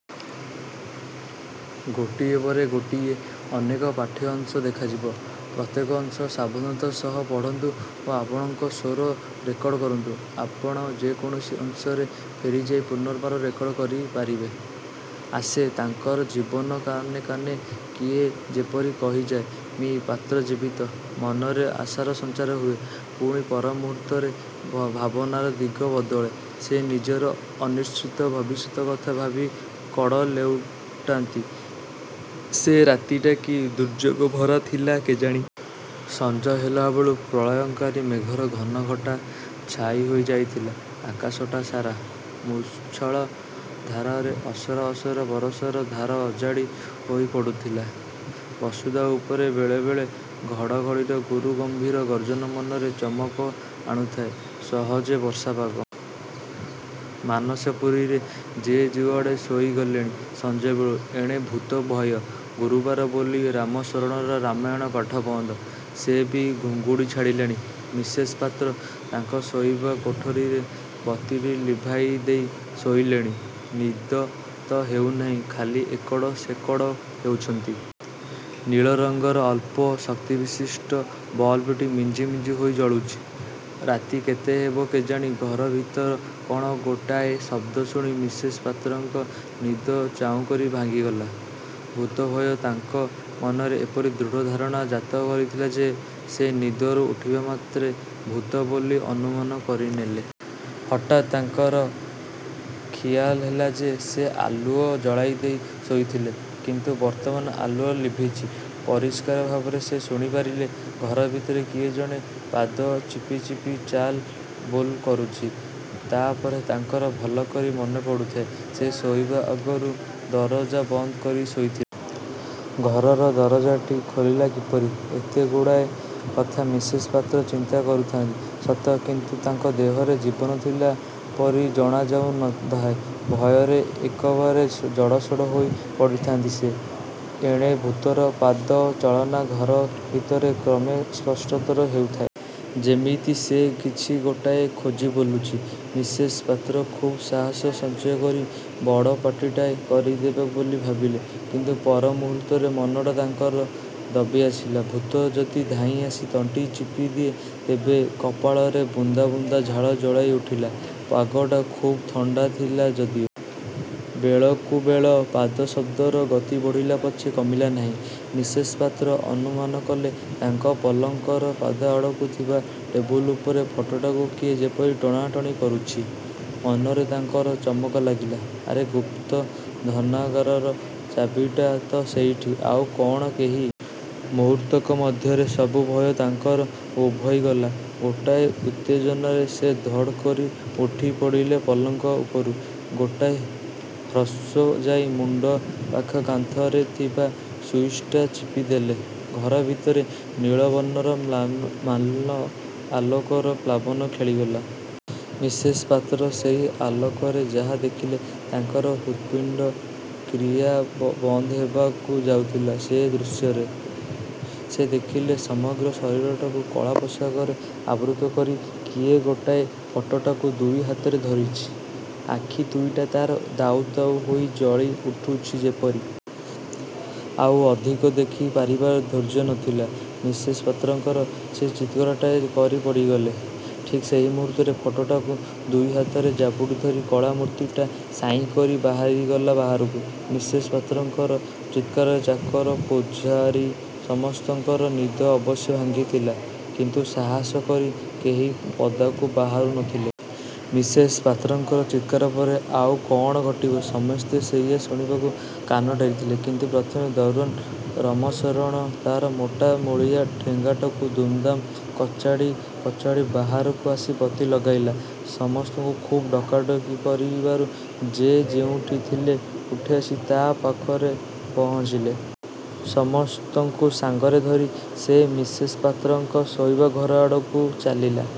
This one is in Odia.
ଆସେ। ତାଙ୍କର ଜୀବନ କାନେ କାନେ କିଏ ଯେପରି କହିଯାଏ, 'ମି: ପାତ୍ର ଜୀବିତ'-। ମନରେ ଆଶାର ସଞ୍ଚାର ହୁଏ। ପୁଣି ପର ମୁହୂର୍ତ୍ତରେ ଭାବନାର ଦିଗ ବଦଳେ। ସେ ନିଜର ଅନିଶ୍ଚିତ ଭବିଷ୍ୟତ କଥା ଭାବି କଡ଼ ଲେଉଟାନ୍ତି। ସେ ରାତିଟା କି ଦୁର୍ଯ୍ୟୋଗ ଭରା ଥିଲା କେଜାଣି। ସଞ୍ଜ ହେଲାବେଳୁ ପ୍ରଳୟଙ୍କରୀ ମେଘର ଘନଘଟା ଛାଇ ହୋଇ ଯାଇଥିଲା ଆକାଶଟା ସାରା। ମୂଷଳ ଧାରାରେ ଅସରା ଅସରା ବରଷାର ଧାର ଅଜାଡ଼ି ହୋଇ ପଡ଼ୁଥିଲା ବସୁଧା ଉପରେ। ବେଳେ ବେଳେ ଘଡ଼ଘଡ଼ିର ଗୁରୁ ଗମ୍ଭୀର ଗର୍ଜନ ମନରେ ଚମକ ଆଣୁଥାଏ। ସହଜେ ବର୍ଷା ପାଗ। ମାନସପୁରୀରେ ଯେ ଯୁଆଡ଼େ ଶୋଇ ଗଲେଣି ସଞ୍ଜ ବେଳୁ। ଏଣେ ଭୂତ ଭୟ। ଗୁରୁବାର ବୋଲି ରାମଶରଣର ରାମାୟଣ ପାଠ ବନ୍ଦ। ସେ ବି ଘୁଙ୍ଗୁଡ଼ି ଛାଡ଼ିଲାଣି। ମିସେସ୍ ପାତ୍ର ତାଙ୍କ ଶୋଇବା କୋଠରୀରେ ବତୀଟି ଲିଭାଇଦେଇ ଶୋଇଲେଣି। ନିଦ ତ ହେଉନାହିଁ, ଖାଲି ଏକଡ଼ ସେକଡ଼ ହେଉଛନ୍ତି। ନୀଳ ରଙ୍ଗର ଅଳ୍ପ ଶକ୍ତିବିଶିଷ୍ଟ ବଲବ୍ଟି ମିଞ୍ଜି ମିଞ୍ଜି ହୋଇ ଜଳୁଛି। ରାତି କେତେ ହେବ କେଜାଣି ଘର ଭିତର କ'ଣ ଗୋଟାଏ ଶବ୍ଦ ଶୁଣି ମିସେସ୍ ପାତ୍ରଙ୍କ ନିଦ ଚାଉଁକରି ଭାଙ୍ଗିଗଲା। ଭୂତ ଭୟ ତାଙ୍କ ମନରେ ଏପରି ଦୃଢ଼ ଧାରଣା ଜାତ କରିଥିଲା ଯେ ସେ ନିଦରୁ ଉଠିବା ମାତ୍ରେ ଭୂତ ବୋଲି ଅନୁମାନ କରିନେଲେ। ହଠାତ୍ ତାଙ୍କର ଖିଆଲ ହେଲା ଯେ ସେ ଆଲୁଅ ଜଳାଇଦେଇ ଶୋଇଥିଲେ; କିନ୍ତୁ ବର୍ତ୍ତମାନ ଆଲୁଅ ଲିଭିଛି। ପରିଷ୍କାର ଭାବରେ ସେ ଶୁଣି ପାରିଲେ-ଘର ଭିତରେ କିଏ ଜଣେ ପାଦ ଚିପି ଚିପି ଚାଲ ବୁଲ କରୁଛି। ତା'ପରେ ତାଙ୍କର ଭଲକରି ମନେପଡ଼ୁଥାଏ, ସେ ଶୋଇବା ଆଗରୁ ଦରଜା ବନ୍ଦକରି ଶୋଇଥିଲେ। ଘରର ଦରଜାଟି ଖୋଲିଲା କିପରି? ଏତେ ଗୁଡ଼ାଏ କଥା ମିସେସ୍ ପାତ୍ର ଚିନ୍ତା କରୁଥାନ୍ତି ସତ; କିନ୍ତୁ ତାଙ୍କ ଦେହରେ ଜୀବନ ଥିଲା ପରି ଜଣାଯାଉ ନ ଥାଏ। ଭୟରେ ଏକବାରେ ଜଡ଼ସଡ଼ ହୋଇ ପଡ଼ିଥାନ୍ତି ସେ। ଏଣେ ଭୂତର ପାଦ ଚାଳନା ଘର ଭିତରେ କ୍ରମେ ସ୍ପଷ୍ଟତର ହେଉଥାଏ। ଯେମିତି ସେ କିଛି ଗୋଟାଏ ଖୋଜି ବୁଲୁଛି। ମିସେସ୍ ପାତ୍ର ଖୁବ୍ ସାହସ ସଞ୍ଚୟ କରି ବଡ଼ ପାଟିଟାଏ କରିଦେବେ ବୋଲି ଭାବିଲେ, କିନ୍ତୁ ପର ମୁହୂର୍ତ୍ତରେ ମନଟା ତାଙ୍କର ଦବି ଆସିଲା। ଭୂତ ଯଦି ଧାଇଁ ଆସି ତଣ୍ଟି ଚିପିଦିଏ, ତେବେ! କପାଳରେ ବୁନ୍ଦା ବୁନ୍ଦା ଝାଳ ଜଳେଇ ଉଠିଲା, ପାଗଟା ଖୁବ୍ ଥଣ୍ଡାଥିଲା ଯଦିଓ। ବେଳକୁବେଳ ପାଦ ଶବ୍ଦର ଗତି ବଢ଼ିଲା ପଛେ କମିଲା ନାହିଁ। ମିସେସ୍ ପାତ୍ର ଅନୁମାନକଲେ ତାଙ୍କ ପଲଙ୍କର ପାଦ ଆଡ଼କୁ ଥିବା ଟେବୁଲ ଉପର ଫଟୋଟାକୁ କିଏ ଯେପରି ଟଣା ଟଣି କରୁଛି। ମନରେ ତାଙ୍କର ଚମକ ଲାଗିଲା-'ଆରେ ଗୁପ୍ତ ଧନାଗାରର ଚାବିଟା ତ ସେଇଠି; ଆଉ କ'ଣ କେହି? ' ମୁହୂର୍ତ୍ତକ ମଧ୍ୟରେ ସବୁ ଭୟ ତାଙ୍କର ଉଭେଇ ଗଲା। ଗୋଟାଏ ଉତ୍ତେଜନାରେ ସେ ଧଡ଼୍ କରି ଉଠି ପଡ଼ିଲେ ପଲଙ୍କ ଉପରୁ। ଗୋଟାଏ ହୋସ୍ରେ ଯାଇ ମୁଣ୍ଡ ପାଖ କାନ୍ଥରେ ଥିବା ସୁଇଚ୍ଟା ଟିପିଦେଲେ। ଘର ଭିତରେ ନୀଳ ବର୍ଣ୍ଣର ମ୍ଳାନ ଆଲୋକର ପ୍ଲାବନ ଖେଳିଗଲା। ମିସେସ୍ ପାତ୍ର ସେଇ ଆଲୋକରେ ଯାହା ଦେଖିଲେ, ତାଙ୍କର ହୃତ୍ପିଣ୍ଡ କ୍ରିୟା ବନ୍ଦ ହେବାକୁ ଯାଉଥିଲା ସେ ଦୃଶ୍ୟରେ। ସେ ଦେଖିଲେ-ସମଗ୍ର ଶରୀରଟାକୁ କଳା ପୋଷାକରେ ଆବୃତ କରି କିଏ ଗୋଟାଏ ଫଟୋଟାକୁ ଦୁଇ ହାତରେ ଧରିଛି; ଆଖି ଦୁଇଟା ତା'ର ଦାଉ ଦାଉ ହୋଇ ଜଳି ଉଠୁଛି ଯେପରି। ଆଉ ଅଧିକ ଦେଖି ପାରିବାର ଧୈର୍ଯ୍ୟ ନଥିଲା ମିସେସ୍ ପାତ୍ରଙ୍କର। ସେ ଚିତ୍କାରଟାଏ କରି ପଡ଼ିଗଲେ। ଠିକ୍ ସେଇ ମୁହୂର୍ତ୍ତରେ ଫଟୋଟାକୁ ଦୁଇ ହାତରେ ଜାବୁଡ଼ି ଧରି କଳା ମୂର୍ତ୍ତିଟା ସାଇଁକରି ବାହାରିଗଲା ବାହାରକୁ। ମିସେସ୍ ପାତ୍ରଙ୍କର ଚିତ୍କାରରେ ଚାକର, ପୁଝାରୀ, ସମସ୍ତଙ୍କର ନିଦ ଅବଶ୍ୟ ଭାଙ୍ଗିଥିଲା; କିନ୍ତୁ ସାହସ କରି କେହି ପଦାକୁ ବାହାରୁ ନ ଥିଲେ। ମିସେସ୍ ପାତ୍ରଙ୍କର ଚିତ୍କାର ପରେ ଆଉ କ'ଣ ଘଟିବ, ସମସ୍ତେ ସେଇୟା ଶୁଣିବାକୁ କାନ ଡେରିଥିଲେ; କିନ୍ତୁ ପ୍ରଥମେ ଦରଓ୍ୱାନ୍ ରମଶରଣ ତା'ର ମୋଟା ମୂଳିଆ ଠେଙ୍ଗାଟାକୁ ଦୁମ୍ ଦାମ୍ କଚାଡ଼ି କଚାଡ଼ି ବାହାରକୁ ଆସି ବତୀ ଲଗାଇଲା। ସମସ୍ତଙ୍କୁ ଖୁବ୍ ଡକାଡକି କରିବାରୁ ଯେ ଯେଉଁଠି ଥିଲେ ଉଠିଆସି ତା' ପାଖରେ ପହଞ୍ଚିଲେ। ସମସ୍ତଙ୍କୁ ସାଙ୍ଗରେ ଧରି ସେ ମିସେସ୍ ପାତ୍ରଙ୍କ ଶୋଇବା ଘର ଆଡ଼କୁ ଚାଲିଲା।